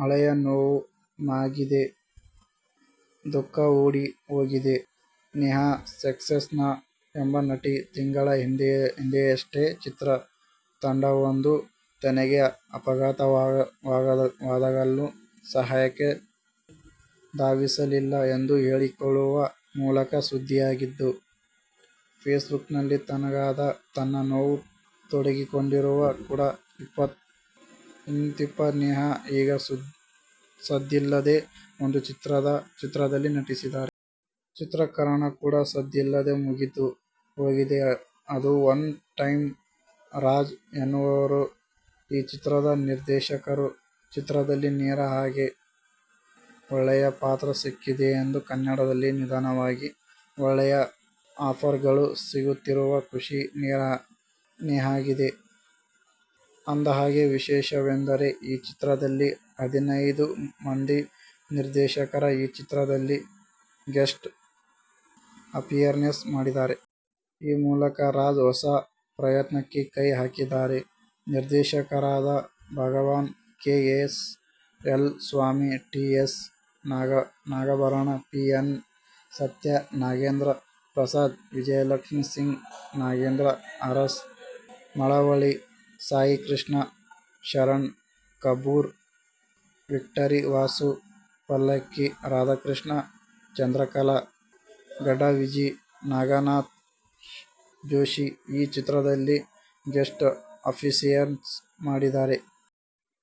ಹಳೆಯ ನೋವು ಮಾಗಿದೆ, ದುಃಖ ಓಡಿ ಹೋಗಿದೆ. ನೇಹಾ ಸಕ್ಸೇನಾ ಎಂಬ ನಟಿ ತಿಂಗಳ ಹಿಂದೆಯಷ್ಟೇ ಚಿತ್ರತಂಡವೊಂದು ತನಗೆ ಅಪಘಾತವಾದಾಗಲೂ ಸಹಾಯಕ್ಕೆ ಧಾವಿಸಲಿಲ್ಲ ಎಂದು ಹೇಳಿಕೊಳ್ಳುವ ಮೂಲಕ ಸುದ್ದಿಯಾಗಿದ್ದರು. ಫೇಸ್ಬುಕ್ನಲ್ಲಿ ತನ್ನಗಾದ ತನ್ನ ನೋವು ತೋಡಿಕೊಂಡಿದ್ದರು ಕೂಡಾ. ಇಂತಿಪ್ಪ ನೇಹಾ ಈಗ ಸದ್ದಿಲ್ಲದೇ ಒಂದು ಚಿತ್ರದಲ್ಲಿ ನಟಿಸಿದ್ದಾರೆ. ಚಿತ್ರೀಕರಣ ಕೂಡಾ ಸದ್ದಿಲ್ಲದೇ ಮುಗಿದು ಹೋಗಿದೆ. ಅದು "ಒನ್ ಟೈಮ್'. ರಾಜ್ ಎನ್ನುವವರು ಈ ಚಿತ್ರದ ನಿರ್ದೇಶಕರು. ಚಿತ್ರದಲ್ಲಿ ನೇಹಾಗೆ ಒಳ್ಳೆಯ ಪಾತ್ರ ಸಿಕ್ಕಿದೆಯಂತೆ. ಕನ್ನಡದಲ್ಲಿ ನಿಧಾನವಾಗಿ ಒಳ್ಳೆಯ ಆಫರ್ಗಳು ಸಿಗುತ್ತಿರುವ ಖುಷಿ ನೇಹಾಗಿದೆ. ಅಂದಹಾಗೆ, ವಿಶೇಷವೆಂದರೆ ಈ ಚಿತ್ರದಲ್ಲಿ ಹದಿನೈದು ಮಂದಿ ನಿರ್ದೇಶಕರ ಈ ಚಿತ್ರದಲ್ಲಿ ಗೆಸ್ಟ್ ಅಪಿಯರೆನ್ಸ್ ಮಾಡಿದ್ದಾರೆ. ಈ ಮೂಲಕ ರಾಜ್ ಹೊಸ ಪ್ರಯತ್ನಕ್ಕೆ ಕೈ ಹಾಕಿದ್ದಾರೆ. ನಿರ್ದೇಶಕರಾದ Bhagwan, K. S. L. Swamy, T. S. Nagabharana, P. N. Sathya, Nagendra Prasad, Vijayalakshmi Singh, Nagendra Urs, Malavalli Saikrishna, Sharan Kabbur, Victory Vasu, Pallakki Radhakrishna, Chandrakala, Gaddaviji, Naganatha Joshi ಈ ಚಿತ್ರದಲ್ಲಿ ಗೆಸ್ಟ್ ಅಪಿಯರೆನ್ಸ್ ಮಾಡಿದ್ದಾರೆ.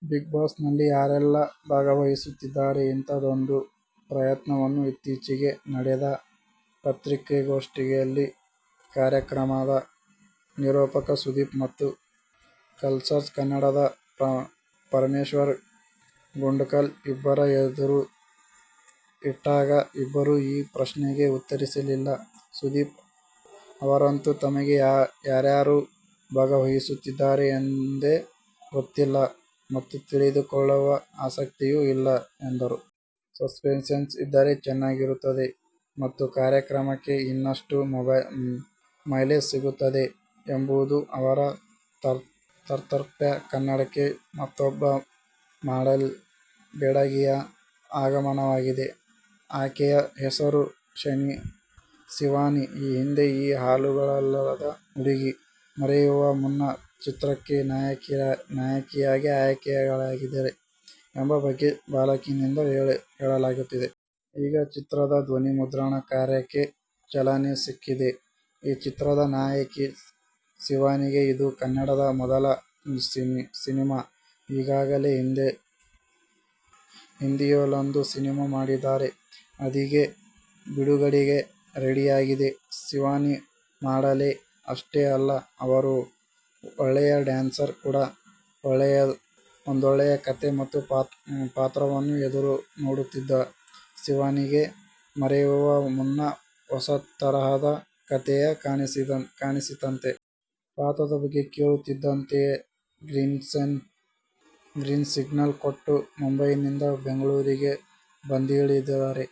ಬಿಗ್ ಬಾಸ್ನಲ್ಲಿ ಯಾರೆಲ್ಲಾ ಭಾಗವಹಿಸುತ್ತಿದ್ದಾರೆ? ಇಂಥದ್ದೊಂದು ಪ್ರಶ್ನೆಯನ್ನು ಇತ್ತೀಚೆಗೆ ನಡೆದ ಪತ್ರಿಕಾಗೋಷ್ಠಿಯಲ್ಲಿ ಕಾರ್ಯಕ್ರಮದ ನಿರೂಪಕ ಸುದೀಪ್ ಮತು ಕಲರ್ಸ್ ಕನ್ನಡದ ಪರಮೇಶ್ವರ್ ಗುಂಡ್ಕಲ್ ಇಬ್ಬರ ಎದುರು ಇಟ್ಟಾಗ, ಇಬ್ಬರೂ ಆ ಪ್ರಶ್ನೆಗೆ ಉತ್ತರಿಸಲಿಲ್ಲ. ಸುದೀಪ್ ಅವರಂತೂ ತಮಗೆ ಯಾರ್ಯಾರು ಭಾಗವಹಿಸುತ್ತಿದ್ದಾರೆ ಎಂದೇ ಗೊತ್ತಿಲ್ಲ ಮತ್ತು ತಿಳಿದುಕೊಳ್ಳುವ ಆಸಕ್ತಿಯೂ ಇಲ್ಲ ಎಂದರು. ಸಸ್ಪೆನ್ಸ್ ಇದ್ದರೆ ಚೆನ್ನಾಗಿರುತ್ತದೆ ಮತ್ತು ಕಾರ್ಯಕ್ರಮಕ್ಕೆ ಇನ್ನಷ್ಟು ಮೈಲೇಜ್ ಸಿಗುತ್ತದೆ ಎಂಬುದು ಅವರ ತಾತ್ಪರ್ಯ. ಕನ್ನಡಕ್ಕೆ ಮತ್ತೂಬ್ಬ ಮಾಡೆಲ್ ಬೆಡಗಿಯ ಆಗಮನವಾಗಿದೆ. ಆಕೆಯ ಹೆಸರು ಶಿವಾನಿ. ಈ ಹಿಂದೆ ಈ ಹಾಲುಗಲ್ಲದ ಹುಡುಗಿ 'ಮರೆಯುವ ಮುನ್ನ' ಚಿತ್ರಕ್ಕೆ ನಾಯಕಿಯಾಗಿ ಆಯ್ಕೆಯಾಗಿದ್ದಾಳೆ ಎಂಬ ಬಗ್ಗೆ ಬಾಲ್ಕನಿಯಲ್ಲಿ ಹೇಳಲಾಗಿತ್ತು. ಈಗ ಆ ಚಿತ್ರದ ಧ್ವನಿಮುದ್ರಣ ಕಾರ್ಯಕ್ಕೆ ಚಾಲನೆ ಸಿಕ್ಕಿದೆ. ಈ ಚಿತ್ರದ ನಾಯಕಿ ಶಿವಾನಿಗೆ ಇದು ಕನ್ನಡದ ಮೊದಲ ಸಿನಿಮಾ. ಈಗಾಗಲೇ ಹಿಂದಿಯಲ್ಲೊಂದು ಸಿನಿಮಾ ಮಾಡಿದ್ದಾರೆ. ಅದೀಗ ಬಿಡುಗಡೆಗೆ ರೆಡಿಯಾಗಿದೆ. ಶಿವಾನಿ ಮಾಡೆಲ್ ಅಷ್ಟೇ ಅಲ್ಲ, ಅವರು ಒಳ್ಳೆಯ ಡ್ಯಾನ್ಸರ್ ಕೂಡ. ಒಂದೊಳ್ಳೆಯ ಕಥೆ ಮತ್ತು ಪಾತ್ರವನ್ನು ಎದುರುನೋಡುತ್ತಿದ್ದ ಶಿವಾನಿಗೆ, 'ಮರೆಯುವ ಮುನ್ನ' ಹೊಸತರಹದ ಕಥೆಯಾಗಿ ಕಾಣಿಸಿತಂತೆ. ಪಾತ್ರದ ಬಗ್ಗೆ ಕೇಳುತ್ತಿದ್ದಂತೆಯೇ ಗ್ರೀನ್ಸಿಗ್ನಲ್ ಕೊಟ್ಟು, ಮುಂಬೈನಿಂದ ಬೆಂಗಳೂರಿಗೆ ಬಂದಿಳಿದಿದ್ದಾರೆ.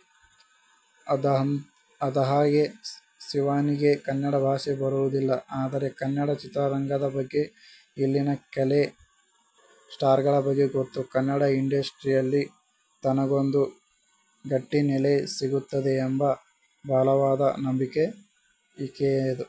ಅಂದಹಾಗೆ, ಶಿವಾನಿಗೆ ಕನ್ನಡ ಭಾಷೆ ಬರೋದಿಲ್ಲ. ಆದರೆ, ಕನ್ನಡ ಚಿತ್ರರಂಗದ ಬಗ್ಗೆ ಇಲ್ಲಿನ ಕೆಲ ಸ್ಟಾರ್ಗಳ ಬಗ್ಗೆ ಗೊತ್ತು. ಕನ್ನಡ ಇಂಡಸ್ಟ್ರಿಯಲ್ಲಿ ತನಗೊಂದು ಗಟ್ಟಿ ನೆಲೆ ಸಿಗುತ್ತೆ ಎಂಬ ಬಲವಾದ ನಂಬಿಕೆ ಈಕೆಯದು.